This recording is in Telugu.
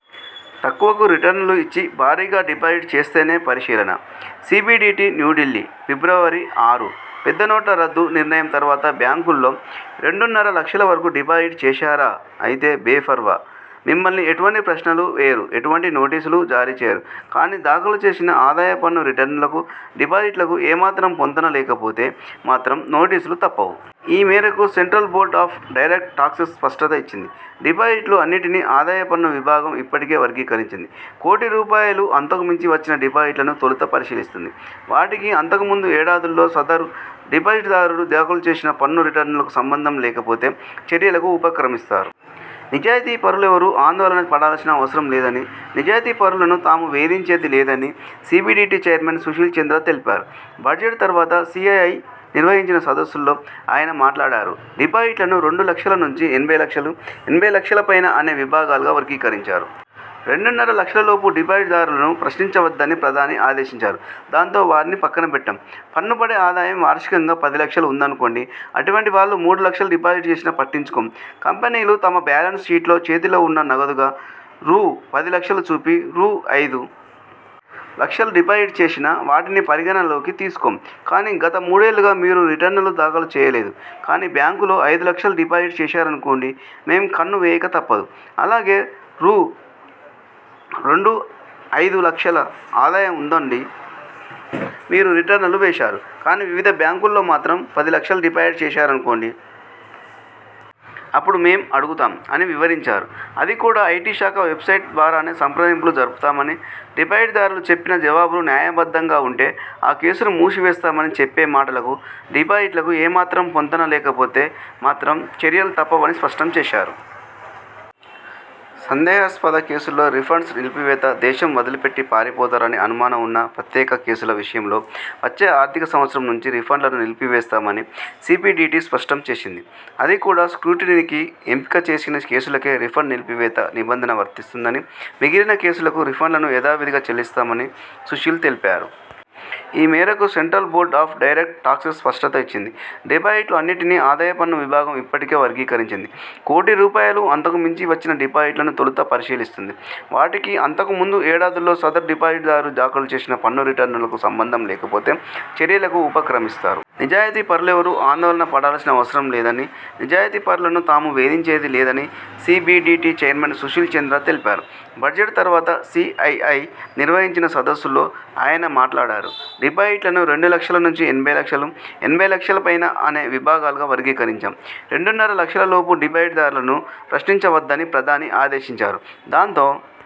తక్కువకు రిటర్నులు ఇచ్చి భారీగా డిపాజిట్ చేస్తేనే పరిశీలన: సీబీడీటీ న్యూఢిల్లీ, ఫిబ్రవరి ఆరు: పెద్ద నోట్ల రద్దు నిర్ణయం తర్వాత బ్యాంకుల్లో రెండున్నర లక్షల వరకూ డిపాజిట్ చేశారా!? అయితే, బేపర్వా! మిమ్మల్ని ఎటువంటి ప్రశ్నలూ వేయరు. ఎటువంటి నోటీసులూ జారీ చేయరు. కానీ, దాఖలు చేసిన ఆదాయ పన్ను రిటర్నులకు, డిపాజిట్లకు ఏమాత్రం పొంతన లేకపోతే మాత్రం నోటీసులు తప్పవు! ఈ మేరకు central board of direct taxes స్పష్టత ఇచ్చింది. డిపాజిట్లు అన్నిటినీ ఆదాయ పన్ను విభాగం ఇప్పటికే వర్గీకరించింది. కోటి రూపాయలు అంతకు మించి వచ్చిన డిపాజిట్లను తొలుత పరిశీలిస్తుంది. వాటికి, అంతకు ముందు ఏడాదుల్లో సదరు డిపాజిట్దారుడు దాఖలు చేసిన పన్ను రిటర్నులకు సంబంధం లేకపోతే, చర్యలకు ఉపక్రమిస్తారు. నిజాయతీపరులెవరూ ఆందోళన పడాల్సిన అవసరం లేదని, నిజాయతీపరులను తాము వేధించేది లేదని సీబీడీటీ చైర్మన్ సుశీల్ చంద్ర తెలిపారు. బడ్జెట్ తర్వాత సీఐఐ నిర్వహించిన సదస్సులో ఆయన మాట్లాడారు. ''డిపాజిట్లను రెండు లక్షల నుంచి ఎనభై లక్షలు; ఎనభై లక్షల పైన అనే విభాగాలుగా వర్గీకరించాం. రెండున్నర లక్షలలోపు డిపాజిట్దారులను ప్రశ్నించవద్దని ప్రధాని ఆదేశించారు. దాంతో వారిని పక్కనబెట్టాం. పన్ను పడే ఆదాయం వార్షికంగా పది లక్షలు ఉందనుకోండి. అటువంటి వాళ్లు మూడు లక్షలు డిపాజిట్ చేసినా పట్టించుకోం. కంపెనీలు తమ బ్యాలెన్స్ షీటులో చేతిలో ఉన్న నగదుగా రూ.పదిలక్షలు చూపి, రూ.అయిదు లక్షలు డిపాజిట్ చేసినా వాటిని పరిగణనలోకి తీసుకోం. కానీ, గత మూడేళ్లుగా మీరు రిటర్నులు దాఖలు చేయలేదు. కానీ, బ్యాంకులో ఐదు లక్షలు డిపాజిట్ చేశారనుకోండి. మేం కన్ను వేయక తప్పదు. అలాగే, రూ.రెండు ఐదు లక్షల ఆదాయం ఉందంటూ మీరు రిటర్నులు వేశారు. కానీ, వివిధ బ్యాంకుల్లో మాత్రం పది లక్షలు డిపాజిట్ చేశారనుకోండి। అప్పుడు మేం అడుగుతాం'' అని వివరించారు. అది కూడా ఐటీ శాఖ వెబ్సైట్ ద్వారానే సంప్రదింపులు జరుపుతామని, డిపాజిట్దారులు చెప్పిన జవాబులు న్యాయబద్ధంగా ఉంటే ఆ కేసును మూసి వేస్తామని, చెప్పే మాటలకు, డిపాజిట్లకు ఏమాత్రం పొంతన లేకపోతే మాత్రం చర్యలు తప్పవని స్పష్టం చేశారు. సందేహాస్పద కేసుల్లో రిఫండ్స్ నిలిపివేత దేశం వదిలిపెట్టి పారిపోతారని అనుమానం ఉన్న ప్రత్యేక కేసుల విషయంలో వచ్చే ఆర్థిక సంవత్సరం నుంచి రిఫండ్లను నిలిపివేస్తామని సీబీడీటీ స్పష్టం చేసింది. అది కూడా స్ర్కూటినీకి ఎంపిక చేసిన కేసులకే రిఫండ్ నిలిపివేత నిబంధన వర్తిస్తుందని, మిగిలిన కేసులకు రిఫండ్లను యథావిధిగా చెల్లిస్తామని సుశీల్ తెలిపారు. ఈ మేరకు central board of direct taxes స్పష్టత ఇచ్చింది. డిపాజిట్లు అన్నిటినీ ఆదాయ పన్ను విభాగం ఇప్పటికే వర్గీకరించింది. కోటి రూపాయలు అంతకు మించి వచ్చిన డిపాజిట్లను తొలుత పరిశీలిస్తుంది. వాటికి, అంతకు ముందు ఏడాదుల్లో సదరు డిపాజిట్దారుడు దాఖలు చేసిన పన్ను రిటర్నులకు సంబంధం లేకపోతే, చర్యలకు ఉపక్రమిస్తారు. నిజాయతీపరులెవరూ ఆందోళన పడాల్సిన అవసరం లేదని, నిజాయతీపరులను తాము వేధించేది లేదని సీబీడీటీ చైర్మన్ సుశీల్ చంద్ర తెలిపారు. బడ్జెట్ తర్వాత సీఐఐ నిర్వహించిన సదస్సులో ఆయన మాట్లాడారు. ''డిపాజిట్లను రెండు లక్షల నుంచి ఎనభై లక్షలు; ఎనభై లక్షల పైన అనే విభాగాలుగా వర్గీకరించాం. రెండున్నర లక్షలలోపు డిపాజిట్దారులను ప్రశ్నించవద్దని ప్రధాని ఆదేశించారు. దాంతో